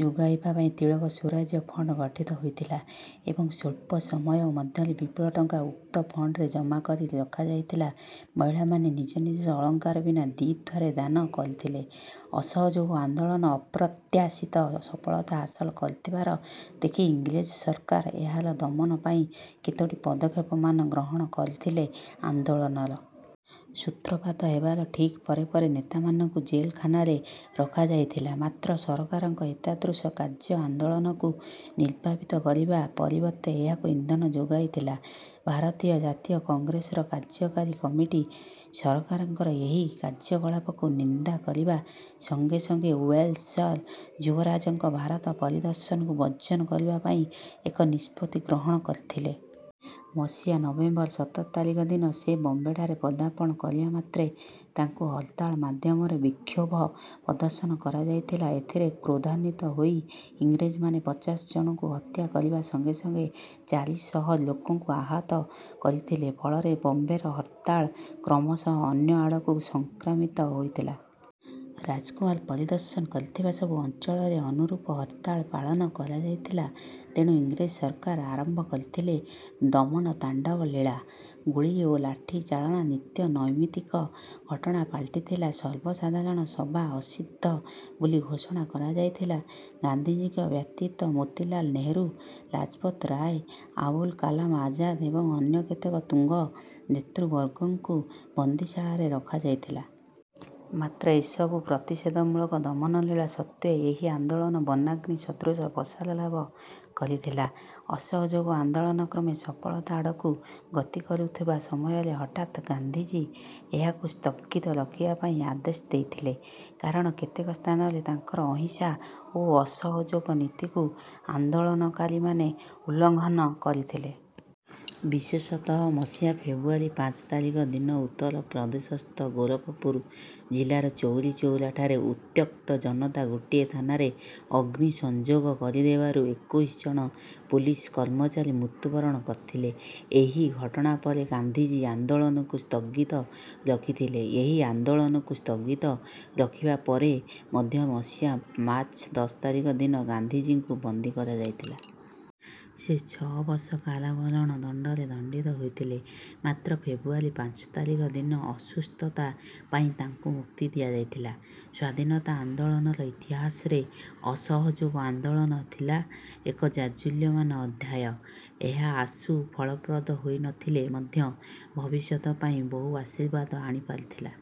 ଯୋଗାଇବା ପାଇଁ "ତିଳକ ସ୍ୱରାଜ୍ୟ ଫଣ୍ଡ" ଗଠିତ ହୋଇଥିଲା ଏବଂ ସ୍ୱଲ୍ପ ସମୟ ମଧ୍ୟରେ ବିପୁଳ ଟଙ୍କା ଉକ୍ତ ଫଣ୍ଡରେ ଜମା କରି ରଖାଯାଇଥିଲା। ମହିଳାମାନେ ନିଜ ନିଜର ଅଳଙ୍କାର ବିନା ଦ୍ୱିଧାରେ ଦାନ କରିଥିଲେ। ଅସହଯୋଗ ଆନ୍ଦୋଳନ ଅପ୍ରତ୍ୟାଶିତ ସଫଳତା ହାସଲ କରୁଥିବାର ଦେଖି ଇଂରେଜ ସରକାର ଏହାର ଦମନ ପାଇଁ କେତୋଟି ପଦକ୍ଷେପମାନ ଗ୍ରହଣ କରିଥିଲେ। ଆନ୍ଦୋଳନର ସୂତ୍ରପାତ ହେବାର ଠିକ୍ ପରେ ପରେ ନେତାମାନଙ୍କୁ ଜେଲଖାନାରେ ରଖାଯାଇଥିଲା। ମାତ୍ର ସରକାରଙ୍କ ଏତାଦୃଶ କାର୍ଯ୍ୟ ଆନ୍ଦୋଳନକୁ ନିର୍ବାପିତ କରିବା ପରିବର୍ତ୍ତେ ଏହାକୁ ଇନ୍ଧନ ଯୋଗାଇଥିଲା। ଭାରତୀୟ ଜାତୀୟ କଂଗ୍ରେସର କାର୍ଯ୍ୟକାରୀ କମିଟି ସରକାରଙ୍କର ଏହି କାର୍ଯ୍ୟକଳାପକୁ ନିନ୍ଦା କରିବା ସଙ୍ଗେ ସଙ୍ଗେ ୱେଲସର ଯୁବରାଜଙ୍କ ଭାରତ ପରିଦର୍ଶନକୁ ବର୍ଜନ କରିବା ପାଇଁ ଏକ ନିଷ୍ପତ୍ତି ଗ୍ରହଣ କରିଥିଲେ। ମସିହା ନଭେମ୍ବର ସତର ତାରିଖ ଦିନ ସେ ବମ୍ବେଠାରେ ପଦାର୍ପଣ କରିବା ମାତ୍ରେ ତାଙ୍କୁ ହରତାଳ ମାଧ୍ୟମରେ ବିକ୍ଷୋଭ ପ୍ରଦର୍ଶନ କରାଯାଇଥିଲା। ଏଥିରେ କ୍ରୋଧାନ୍ୱିତ ହୋଇ ଇଂରେଜମାନେ ପଚାଶ ଜଣଙ୍କୁ ହତ୍ୟା କରିବା ସଙ୍ଗେ ସଙ୍ଗେ ଚାରିଶହ ଲୋକଙ୍କୁ ଆହାତ କରିଥିଲେ। ଫଳରେ ବମ୍ବେର ହରତାଳ କ୍ରମଶଃ ଅନ୍ୟ ଆଡ଼କୁ ସଂକ୍ରାମିତ ହୋଇଥିଲା। ରାଜକୁମାର ପରିଦର୍ଶନ କରିଥିବା ସବୁ ଅଞ୍ଚଳରେ ଅନୁରୂପ ହରତାଳ ପାଳନ କରାଯାଇଥିଲା। ତେଣୁ ଇଂରେଜ ସରକାର ଆରମ୍ଭ କରିଥିଲେ ଦମନ ତାଣ୍ଡବଲୀଳା। ଗୁଳି ଓ ଲାଠି ଚାଳନା ନିତ୍ୟ ନୈମିତ୍ତିକ ଘଟଣା ପାଲଟିଥିଲା। ସର୍ବସାଧାରଣ ସଭା ଅସିଦ୍ଧ ବୋଲି ଘୋଷଣା କରାଯାଇଥିଲା। ଗାନ୍ଧିଜୀଙ୍କ ବ୍ୟତୀତ ମୋତିଲାଲ୍ ନେହେରୁ, ଲାଜପତ ରାୟ, ଆବୁଲ କାଲାମ ଆଜାଦ ଏବଂ ଅନ୍ୟ କେତେକ ତୁଙ୍ଗ ନେତୃବର୍ଗଙ୍କୁ ବନ୍ଦୀଶାଳାରେ ରଖାଯାଇଥିଲା। ମାତ୍ର ଏସବୁ ପ୍ରତିଷେଧମୂଳକ ଦମନଲୀଳା ସତ୍ତ୍ୱେ ଏହି ଆନ୍ଦୋଳନ ବନାଗ୍ନି ସଦୃଶ ପ୍ରସାରଲାଭ କରିଥିଲା। ଅସହଯୋଗ ଆନ୍ଦୋଳନ କ୍ରମେ ସଫଳତା ଆଡ଼କୁ ଗତି କରୁଥିବା ସମୟରେ ହଠାତ୍ ଗାନ୍ଧିଜୀ ଏହାକୁ ସ୍ଥଗିତ ରଖିବା ପାଇଁ ଆଦେଶ ଦେଇଥିଲେ; କାରଣ କେତେକ ସ୍ଥାନରେ ତାଙ୍କର ଅହିଂସା ଓ ଅସହଯୋଗ ନୀତିକୁ ଆନ୍ଦୋଳନକାରୀମାନେ ଉଲ୍ଲଂଘନ କରିଥିଲେ। ବିଶେଷତଃ ମସିହା ଫେବୃୟାରୀ ପାଞ୍ଚ ତାରିଖ ଦିନ ଉତ୍ତର-ପ୍ରଦେଶସ୍ଥ ଗୋରଖପୁର ଜିଲ୍ଲାର ଚୌରିଚୌରାଠାରେ ଉତ୍ତ୍ୟକ୍ତ ଜନତା ଗୋଟିଏ ଥାନାରେ ଅଗ୍ନି ସଂଯୋଗ କରିଦେବାରୁ ଏକୋଇଶି ଜଣ ପୋଲିସ କର୍ମଚାରୀ ମୃତ୍ୟୁବରଣ କରିଥିଲେ। ଏହି ଘଟଣା ପରେ ଗାନ୍ଧିଜୀ ଆନ୍ଦୋଳନକୁ ସ୍ଥଗିତ ରଖିଥିଲେ। ଏହି ଆନ୍ଦୋଳନକୁ ସ୍ଥଗିତ ରଖିବା ପରେ ମଧ୍ୟ ମସିହା ମାର୍ଚ୍ଚ ଦଶ ତାରିଖ ଦିନ ଗାନ୍ଧିଜୀଙ୍କୁ ବନ୍ଦୀ କରାଯାଇଥିଲା। ସେ ଛଅ ବର୍ଷ କାରାବରଣ ଦଣ୍ଡରେ ଦଣ୍ଡିତ ହୋଇଥିଲେ। ମାତ୍ର ଫେବୃୟାରୀ ପାଞ୍ଚ ତାରିଖ ଦିନ ଅସୁସ୍ଥତା ପାଇଁ ତାଙ୍କୁ ମୁକ୍ତି ଦିଆଯାଇଥିଲା। ସ୍ୱାଧୀନତା ଆନ୍ଦୋଳନର ଇତିହାସରେ ଅସହଯୋଗ ଆନ୍ଦୋଳନ ଥିଲା ଏକ ଜାଜ୍ୱଲ୍ୟମାନ ଅଧ୍ୟାୟ। ଏହା ଆଶୁ ଫଳପ୍ରଦ ହୋଇ ନ ଥିଲେ ମଧ୍ୟ ଭବିଷ୍ୟତ ପାଇଁ ବହୁ ଆଶୀର୍ବାଦ ଆଣିପାରିଥିଲା।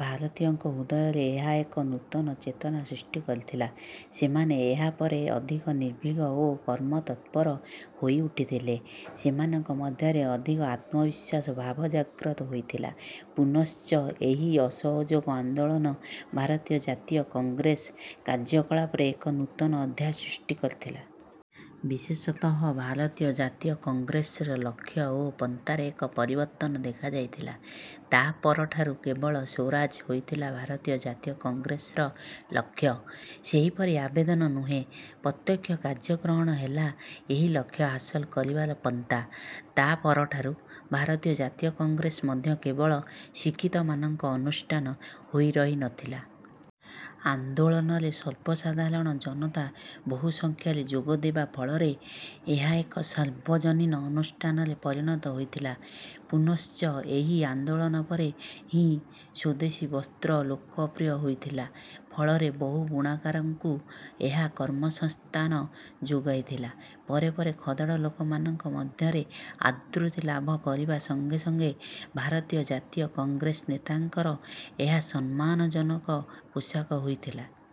ଭାରତୀୟଙ୍କ ହୃଦୟରେ ଏହା ଏକ ନୂତନ ଚେତନା ସୃଷ୍ଟି କରିଥିଲା। ସେମାନେ ଏହାପରେ ଅଧିକ ନିର୍ଭୀକ ଓ କର୍ମତତ୍ପର ହୋଇଉଠିଥିଲେ। ସେମାନଙ୍କ ମଧ୍ୟରେ ଅଧିକ ଆତ୍ମବିଶ୍ୱାସ ଭାବ ଜାଗ୍ରତ ହୋଇଥିଲା। ପୁନଶ୍ଚ ଏହି ଅସହଯୋଗ ଆନ୍ଦୋଳନ ଭାରତୀୟ ଜାତୀୟ କଂଗ୍ରେସ କାର୍ଯ୍ୟକଳାପରେ ଏକ ନୂତନ ଅଧ୍ୟାୟ ସୃଷ୍ଟି କରିଥିଲା। ବିଶେଷତଃ ଭାରତୀୟ ଜାତୀୟ କଂଗ୍ରେସର ଲକ୍ଷ୍ୟ ଓ ପନ୍ଥାରେ ଏକ ପରିବର୍ତ୍ତନ ଦେଖାଯାଇଥିଲା। ତା' ପରଠାରୁ କେବଳ ସ୍ୱରାଜ ହୋଇଥିଲା ଭାରତୀୟ ଜାତୀୟ କଂଗ୍ରେସର ଲକ୍ଷ୍ୟ। ସେହିପରି ଆବେଦନ ନୁହେଁ, ପ୍ରତ୍ୟକ୍ଷ କାର୍ଯ୍ୟ ଗ୍ରହଣ ହେଲା ଏହି ଲକ୍ଷ୍ୟ ହାସଲ କରିବାର ପନ୍ଥା। ତା' ପରଠାରୁ ଭାରତୀୟ ଜାତୀୟ କଂଗ୍ରେସ ମଧ୍ୟ କେବଳ ଶିକ୍ଷିତମାନଙ୍କ ଅନୁଷ୍ଠାନ ହୋଇ ରହି ନ ଥିଲା। ଆନ୍ଦୋଳନରେ ସର୍ବସାଧାରଣ ଜନତା ବହୁସଂଖ୍ୟାରେ ଯୋଗଦେବା ଫଳରେ ଏହା ଏକ ସାର୍ବଜନୀନ ଅନୁଷ୍ଠାନରେ ପରିଣତ ହୋଇଥିଲା। ପୁନଶ୍ଚ ଏହି ଆନ୍ଦୋଳନ ପରେ ହିଁ ସ୍ୱଦେଶୀ ବସ୍ତ୍ର ଲୋକପ୍ରିୟ ହୋଇଥିଲା। ଫଳରେ ବହୁ ବୁଣାକାରଙ୍କୁ ଏହା କର୍ମସଂସ୍ଥାନ ଯୋଗାଇଥିଲା। ପରେ ପରେ ଖଦଡ଼ ଲୋକମାନଙ୍କ ମଧ୍ୟରେ ଆଦୃତି ଲାଭ କରିବା ସଙ୍ଗେ ସଙ୍ଗେ ଭାରତୀୟ ଜାତୀୟ କଂଗ୍ରେସ ନେତାଙ୍କର ଏହା ସମ୍ମାନଜନକ ପୋଷାକ ହୋଇଥିଲା।